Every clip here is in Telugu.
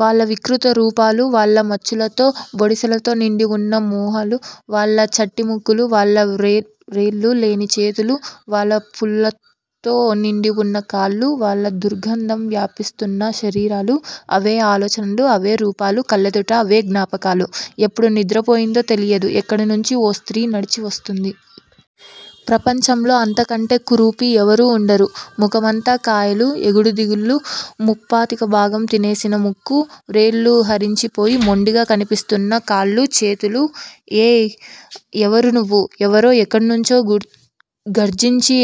వాళ్ళ వికృత రూపాలు వాళ్ళ మచ్చలతో, బొడిసెలతో నిండి వున్న మొహాలు, వాళ్ళ చట్టి ముక్కులు, వాళ్ళ వ్రేళ్ళు లేని చేతులు, వాళ్ళ పుళ్ళతో నిండివున్న కాళ్ళు, వాళ్ళ దుర్గంధం వ్యాపిస్తూన్న శరీరాలు! అవే ఆలోచనలు అవే రూపాలు కళ్ళెదుట అవే జ్ఞాపకాలు. ఎప్పుడు నిద్రపోయిందో తెలియదు ఎక్కడి నుంచో ఓ స్త్రీ నడిచి వస్తూంది. ప్రపంచంలో అంతకంటే కురూపి ఎవరూ ఉండరు. ముఖమంతా కాయలు ఎగుడు దిగుళ్ళు, ముప్పాతిక భాగం తినేసిన ముక్కు, వ్రేళ్ళు హరించిపోయి మొండిగా కనిపిస్తూన్న కాళ్ళూ, చేతులూ. ఏయ్, ఎవరు నువ్వు? ఎవరో ఎక్కడి నుంచో గర్ గర్జించి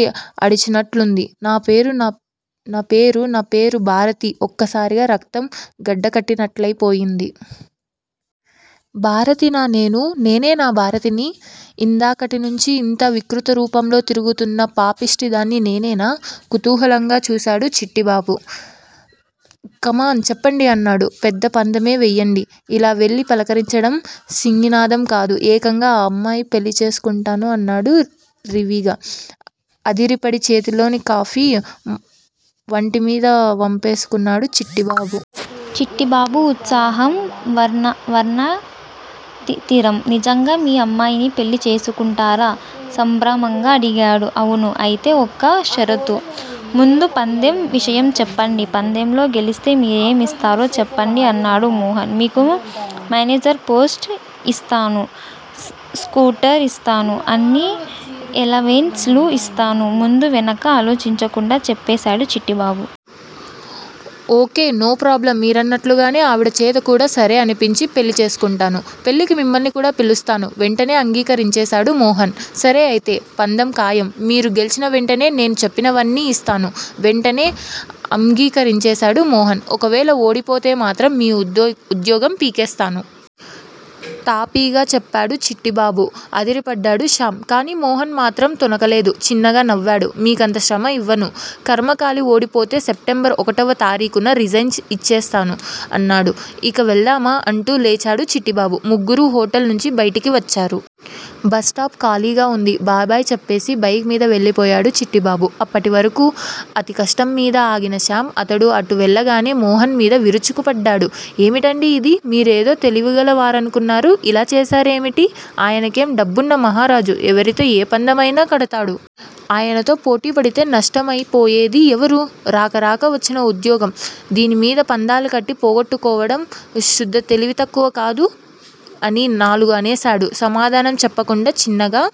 అరిచినట్లయింది. నా పేరు నా పేరూ భారతి. ఒక్కసారిగా రక్తం గడ్డకట్టినట్లయి పోయింది. భారతినా నేను? నేనేనా భారతిని? ఇందాకటినుంచీ ఇంత వికృతరూపంలో తిరుగుతూన్న పాపిష్టిదాన్ని నేనేనా? కుతూహలంగా చూసాడు చిట్టిబాబు. కమాన్ చెప్పండి అన్నాడు పెద్ద పందెమే వెయ్యండి. ఇలా వెళ్ళి పలకరించడం సింగినాదం కాదు. ఏకంగా ఆ అమ్మాయి పెళ్ళిచేసుకుంటాను అన్నాడు రీవిగా. అదిరిపడి చేతిలోని కాఫీ వంటిమీద వంపేసుకున్నాడు చిట్టిబాబు. చిట్టిబాబు ఉత్సాహం వర్ణ వర్ణతీరం. నిజంగా మీ అమ్మాయిని పెళ్ళి చేసుకుంటారా? సంభ్రమంగా అడిగాడు. అవును. అయితే ఒక్క షరతు. ముందు పందెం విషయం చెప్పండి పందెంలో గెలిస్తే మీరేం ఇస్తారో చెప్పండి అన్నాడు మోహన్. మీకు మేనేజర్ పోస్టు యిస్తాను. స్కూటర్ ఇస్తాను. అన్ని ఎలవెన్స్ లూ యిస్తాను ముందూ వెనకా ఆలోచించకుండా చెప్పేసాడు చిట్టిబాబు. ఓకే నో ప్రోబ్లమ్ మీరన్నట్లుగానే ఆవిడ చేత కూడ సరే అనిపించి పెళ్ళి చేసుకుంటాను. పెళ్ళికి మిమ్మల్ని కూడా పిలుస్తాను వెంటనే అంగీకరించేసాడు మోహన్. సరే అయితే. పందెం ఖాయం. మీరు గెల్చిన వెంటనే నేను చెప్పినవన్నీ యిస్తాను వెంటనే అమ్గీకరించేసాడు మోహన్. ఒకవేళ ఓడిపోతేమాత్రం మీ ఉద్యోగం పీకేస్తాను. తాపీగా చెప్పాడు చిట్టిబాబు అదిరిపడ్డాడు శ్యామ్. కానీ మోహన్ మాత్రం తొణక లేదు. చిన్నగా నవ్వాడు. మీకంత శ్రమ యివ్వను. ఖర్మకాలి ఓడిపోతే సెప్టెంబర్ ఒకటవ తారీకున రిజైన్ చె యిచ్చేస్తాను ఆన్నాడు. ఇక వెళ్దామా? అంటూ లేచాడు చిట్టిబాబు. ముగ్గురూ హొటల్ నుంచి బయటికి వచ్చారు. బస్టాప్ ఖాళీగా వుంది. బై బై చెప్పేసి బైక్ మీద వెళ్ళిపోయాడు చిట్టిబాబు. అప్పటివరకూ అతికష్టంమీద ఆగిన శ్యామ్ అతడు అటు వెళ్ళగానే మోహన్ మీద విరుచుకుపడ్డాడు. ఏమిటండీ ఇది? మీరేదో తెలివిగలవారనుకున్నాను. ఇలా చేసారేమిటి? ఆయనకేం డబ్బున్న మహారాజు. ఎవరితో ఏ పందెం అయినా కడతాడు. ఆయనతో పోటీ పడితే నష్టమైపోయేది ఎవరు? రాక రాక వచ్చిన ఉద్యోగం. దీనిమీద పందాలు కట్టి పోగొట్టుకోవడం శుద్ధ తెలివి తక్కువ కాదూ అని నాలుగూ అనేసాడు. సమాధానం చెప్పకుండా చిన్నగా